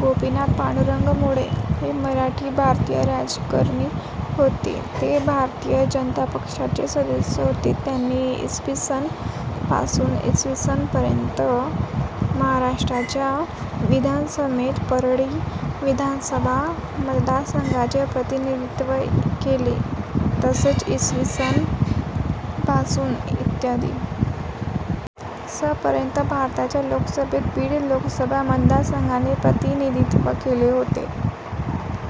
गोपीनाथ पांडुरंग मुंडे हे मराठी, भारतीय राजकारणी होते. ते भारतीय जनता पक्षाचे सदस्य होते. त्यांनी इ. स. पासून इ. स. पर्यंत महाराष्ट्राच्या विधानसभेत परळी विधानसभा मतदारसंघाचे प्रतिनिधित्व केले तसेच इ. स. पासून इ. स. पर्यंत भारताच्या लोकसभेत बीड लोकसभा मतदारसंघाचे प्रतिनिधित्व केले होते.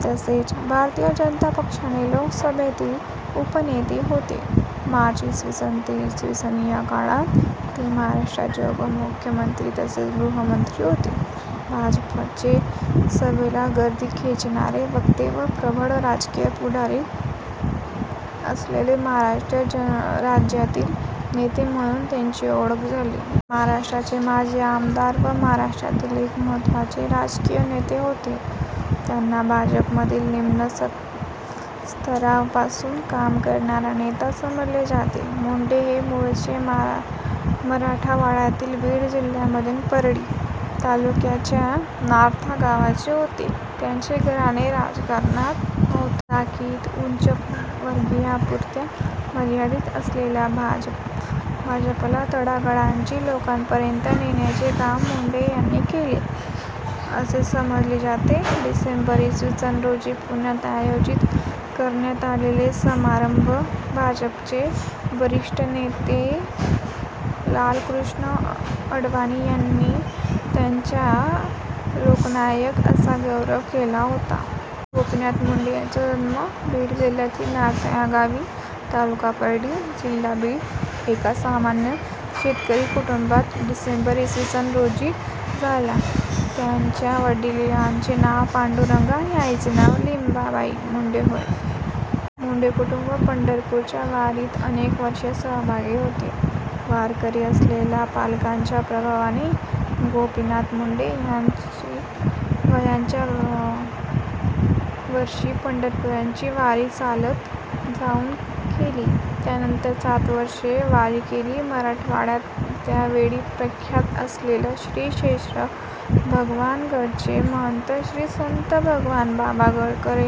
तसेच भारतीय जनता पक्षाचे लोकसभेतील उपनेते होते. मार्च इ. स. ते इ. स. या काळात ते महाराष्ट्राचे उपमुख्यमंत्री तसेच गृहमंत्री होते. भाजपचे सभेला गर्दी खेचणारे वक्ते व प्रबळ राजकीय पुढारी असलेले महाराष्ट्र राज्यातील नेते म्हणून त्यांची ओळख होतीे. ते महाराष्ट्राचे माजी आमदार व महाराष्ट्रातील एक महत्त्वाचे राजकीय नेते होते. त्यांना भाजपमधील निम्न स्तरापासून काम करणारा नेता समजले जाते. मुंडे हे मूळचे मराठवाड्यातील बीड जिल्ह्यामधील परळी तालुक्याच्या नाथ्रा गावचे होते. त्यांचे घराणे राजकारणात नव्हते. तथाकथित उच्चवर्गीयांपुरत्या मर्यादित असलेल्या भाजपला तळागाळातील लोकांपर्यंत नेण्याचे काम मुंडे यांनी केले, असे समजले जाते. डिसेंबर, इ. स. रोजी पुण्यात आयोजित करण्यात आलेल्या समारंभात भाजपचे वरिष्ठ नेते लालकृष्ण अडवाणी यांनी त्यांचा लोकनायक असा गौरव केला होता. गोपीनाथ मुंडे यांचा जन्म बीड जिल्ह्यातील नाथ्रा या गावी ता. परळी, जि. बीड एका सामान्य शेतकरी कुटुंबात डिसेंबर, इ. स. रोजी झाला. त्यांच्या वडिलांचे नाव पांडुरंग आणि आईचे नाव लिंबाबाई मुंडे होय. मुंडे कुटुंब पंढरपूरच्या वारीत अनेक वर्षे सहभागी होते. वारकरी असलेल्या पालकांच्याप्रभावाने गोपीनाथ मुंडे यांनी वयाच्या व्या वर्षी पंढरपूरची वारी चालत जाऊन केली. त्यानंतर सात वर्षे वारी केली. मराठवाड्यात त्या वेळी प्रख्यात असणाऱ्या श्रीक्षेत्र भगवानगडचे महंत श्री संत भगवानबाबा गडकर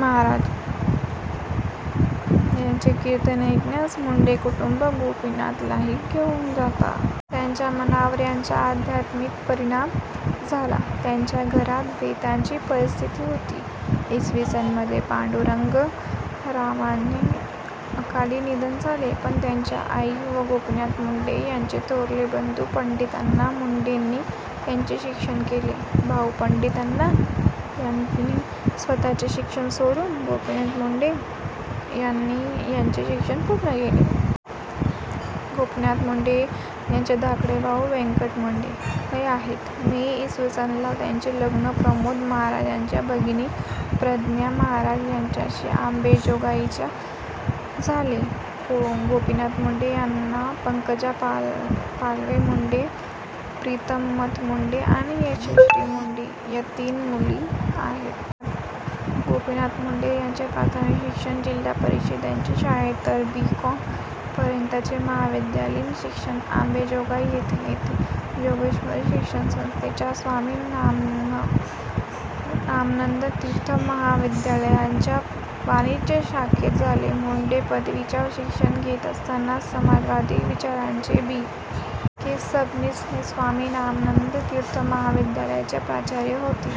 महाराज यांचे कीर्तन ऐकण्यास मुंडे कुटुंब गोपीनाथलाही घेऊन जात. त्यांच्या मनावर याचा आध्यात्मिक परिणाम झाला. त्यांच्या घरात बेताची परिस्थिती होती. इ. स. मध्ये पांडुरंगरावांचे अकाली निधन झाले, पण त्यांच्या आई व गोपीनाथ मुंडे यांचे थोरले बंधू पंडितअण्णा मुंडेनी त्यांचे शिक्षण केले. भाऊ पंडितअण्णा यांनी स्वतःचे शिक्षण सोडून गोपीनाथ मुंडे यांनी यांचे शिक्षण पूर्ण केले. गोपीनाथ मुंडे यांचे धाकटे भाऊ व्यंकट मुंडे हे आहेत. मे, इ. स. ला त्यांचे लग्न प्रमोद महाजनांच्या भगिनी प्रज्ञा महाजन यांच्याशी आंबेजोगाईला झाले. गोपीनाथ मुंडे यांना पंकजा पालवे -मुंडे, प्रीतम मते-मुंडे आणि यशश्री मुंडे या तीन मुली आहेत. गोपीनाथ मुंडे यांचे प्राथमिक शिक्षण जिल्हापरिषदेच्या शाळेत तर बी. कॉम. पर्यंतचे महाविद्यालयीन शिक्षण आंबेजोगाई येथे येथील योगेश्वरी शिक्षण संस्थेच्या स्वामी रामानंद तीर्थ महाविद्यालयामध्ये वाणिज्य शाखेते झाले. मुंडे पदवीचे शिक्षण घेत असताना समाजवादी विचारांचे बी. के. सबनीस हे स्वामी रामानंद तीर्थ महाविद्यालयाचे प्राचार्य होते.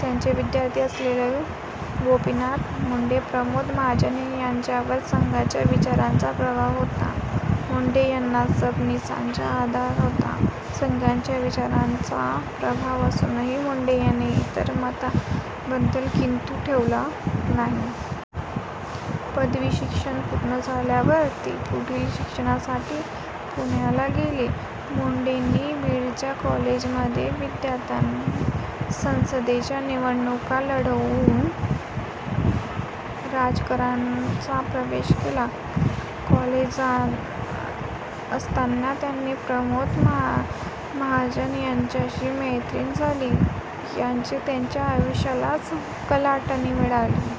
त्यांचे विद्यार्थी असलेल्या गोपीनाथ मुंडे, प्रमोद महाजन यांच्यावर संघाच्या विचारांचा प्रभाव होता. मुंडे यांना सबनीसांचा आदर होता. संघाच्या विचारांचा प्रभाव असूनही मुंडे यांनी इतर मतांबद्दल किंतु ठेवला नाही. पदवीशिक्षण पूर्ण झाल्यावर ते पुढील शिक्षणासाठी पुण्याला गेले. मुंडेंनी बीडच्या कॉलेजमध्ये विद्यार्थी संसदेच्या निवडणुका लढवून राजकारणाचा प्रवेश केला. कॉलेजात असतांना त्यांची प्रमोद महाजन यांच्याशी मैत्री झाली. याने त्यांच्या आयुष्यालाच कलाटणी मिळाली.